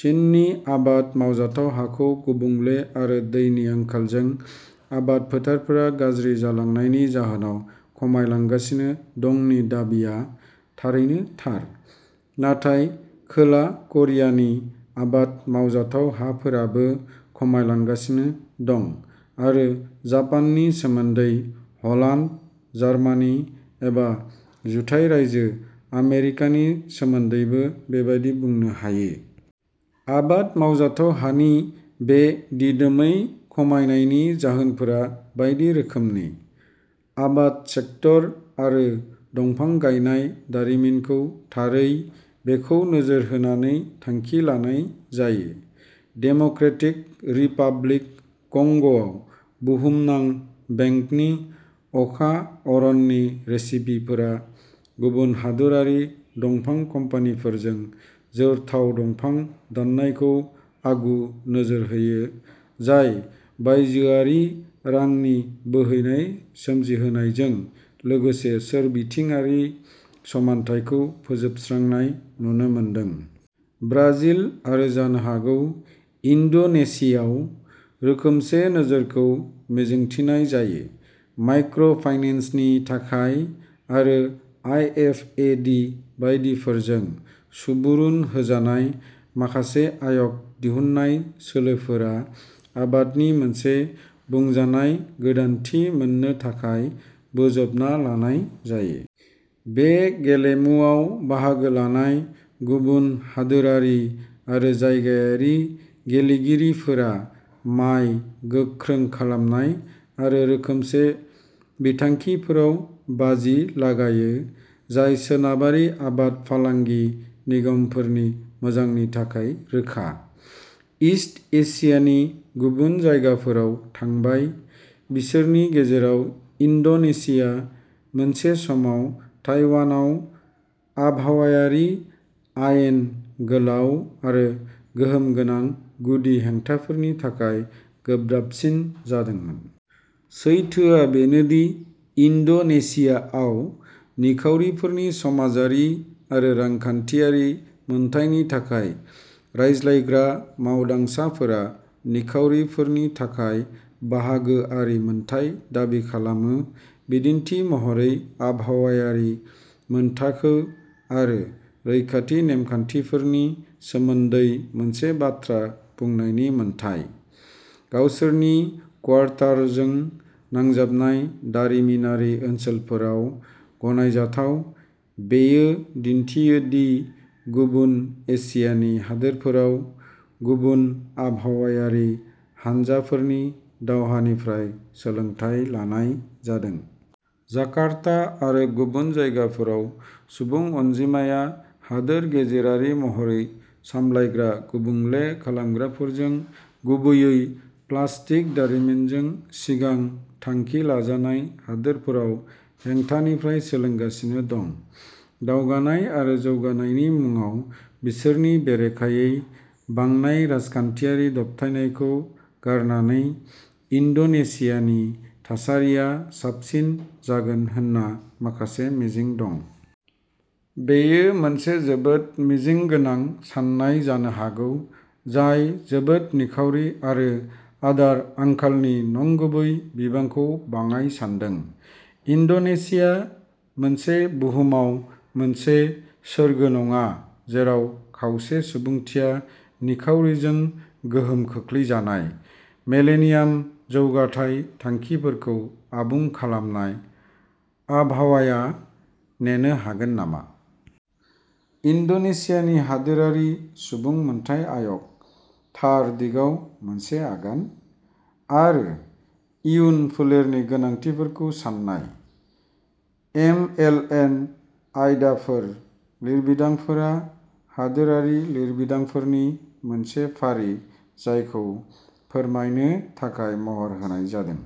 चीननि आबाद मावजाथाव हाखौ गुबुंले आरो दैनि आंखालजों आबाद फोथारफोरा गाज्रि जालांनायनि जाहोनाव खमायलांगासिनो दंनि दाबिआ थारैनो थार। नाथाय खोला करियानि आबाद मावजाथाव हाफोराबो खमायलांगासिनो दं। आरो जापाननि सोमोन्दै, हलान्द, जार्मानि एबा जुथाइ रायजो आमेरिकानि सोमोन्दैबो बेबादि बुंनो हायो। आबाद मावजाथाव हानि बे दिदोमै खमायनायनि जाहोनफोरा बायदि रोखोमनि। आबाद सेक्टर आरो दंफां गायनाय दारिमिनखौ थारै बेखौ नोजोर होनानै थांखि लानाय जायो। डेम'क्रेटिक रिपाब्लिक कंग'आव, बुहुमनां बेंकनि अखा अरननि रेसिपिफोरा गुबुन हादोरारि दंफां कम्पानिफोरजों जोरथाव दंफां दाननायखौ आगु नोजोर होयो, जाय बायजोआरि रांनि बोहैनाय सोमजिहोनायजों लोगोसे सोरबिथिंआरि समानथायखौ फोजोबस्रांनाय नुनो मोनदों। ब्राजिल आरो जानो हागौ, इन्ड'नेसियाव, रोखोमसे नोजोरखौ मिजिंथिनाय जायो। माइक्र' फाइनेन्सनि थाखाय आरो आइ एफ ए दि बायदिफोरजों सुबुरुन होजानाय माखासे आय'ग दिहुन्नाय सोलोफोरा आबादनि मोनसे बुंजानाय गोदानथि मोन्नो थाखाय बोजबना लानाय जायो। बे गेलेमुआव बाहागो लानाय गुबुन हादोरारि आरो जायगायारि गेलेगिरिफोरा माय गोख्रों खालामनाय आरो रोखोमसे बिथांखिफोराव बाजि लागायो, जाय सोनाबारि आबाद फालांगि निगमफोरनि मोजांनि थाखाय रोखा। इस्ट एसियानि गुबुन जायगाफोराव थांबाय, बिसोरनि गेजेराव इन्ड'नेशिया, मोनसे समाव ताइवानआव आबहावायारि आयेन गोलाव आरो गोहोमगोनां गुदि हेंथाफोरनि थाखाय गोब्राबसिन जादोंमोन। सैथोआ बेनोदि इन्ड'नेशियाआव निखावरिफोरनि समाजारि आरो रांखान्थियारि मोनथायनि थाखाय रायज्लायग्रा मावदांसाफोरा निखावरिफोरनि थाखाय बाहागोआरि मोन्थाइ दाबि खालामो, बिदिन्थि महरै आबहावायारि मानथाखो आरो रैखाथि नेमखान्थिफोरनि सोमोनदै मोनसे बाथ्रा बुंनायनि मोन्थाइ। गावसोरनि क्वार्टारजों नांजाबनाय दारिमिनारि ओनसोलफोराव गनायजाथाव, बेयो दिन्थियो दि गुबुन एसियानि हादोरफोराव गुबुन आबहावायारि हानजाफोरनि दावहानिफ्राय सोलोंथाय लानाय जादों। जाकार्ता आरो गुबुन जायगाफोराव सुबुं अनजिमाया हादोर गेजेरारि महरै सामलायग्रा गुबुंले खालामग्राफोरजों, गुबैयै प्लास्टिक दारिमिनजों सिगां थांखि लाजानाय हादोरफोराव हेंथानिफ्राय सोलोंगासिनो दं। दावगानाय आरो जौगानायनि मुंआव बिसोरनि बेरेखायै बांनाय राजखान्थियारि दबथायनायखौ गारनानै, इन्ड'नेसियानि थासारिया साबसिन जागोन होनना माखासे मिजिं दं। बेयो मोनसे जोबोद मिजिं गोनां सान्नाय जानो हागौ, जाय जोबोद निखावरि आरो आदार आंखालनि नंगुबै बिबांखौ बाङाइ सान्दों। इन्ड'नेसिया मोनसे बुहुमाव मोनसे सोरगो नङा जेराव खावसे सुबुंथिया निखावरिजों गोहोम खोख्लैजानाय। मिलेनियाम जौगाथाय थांखिफोरखौ आबुं खालामनायः आबहावाया नेनो हागोन नामा? इन्ड'नेसियानि हादोरारि सुबुं मोनथाय आय'गः थार दिगाव मोनसे आगान? आरो इयुन फोलेरनि गोनांथिफोरखौ सान्नाय। एमएलएन आयदाफोर लिरबिदांफोरा हादोरारि लिरबिदांफोरनि मोनसे फारि जायखौ फोरमायनो थाखाय महर होनाय जादों।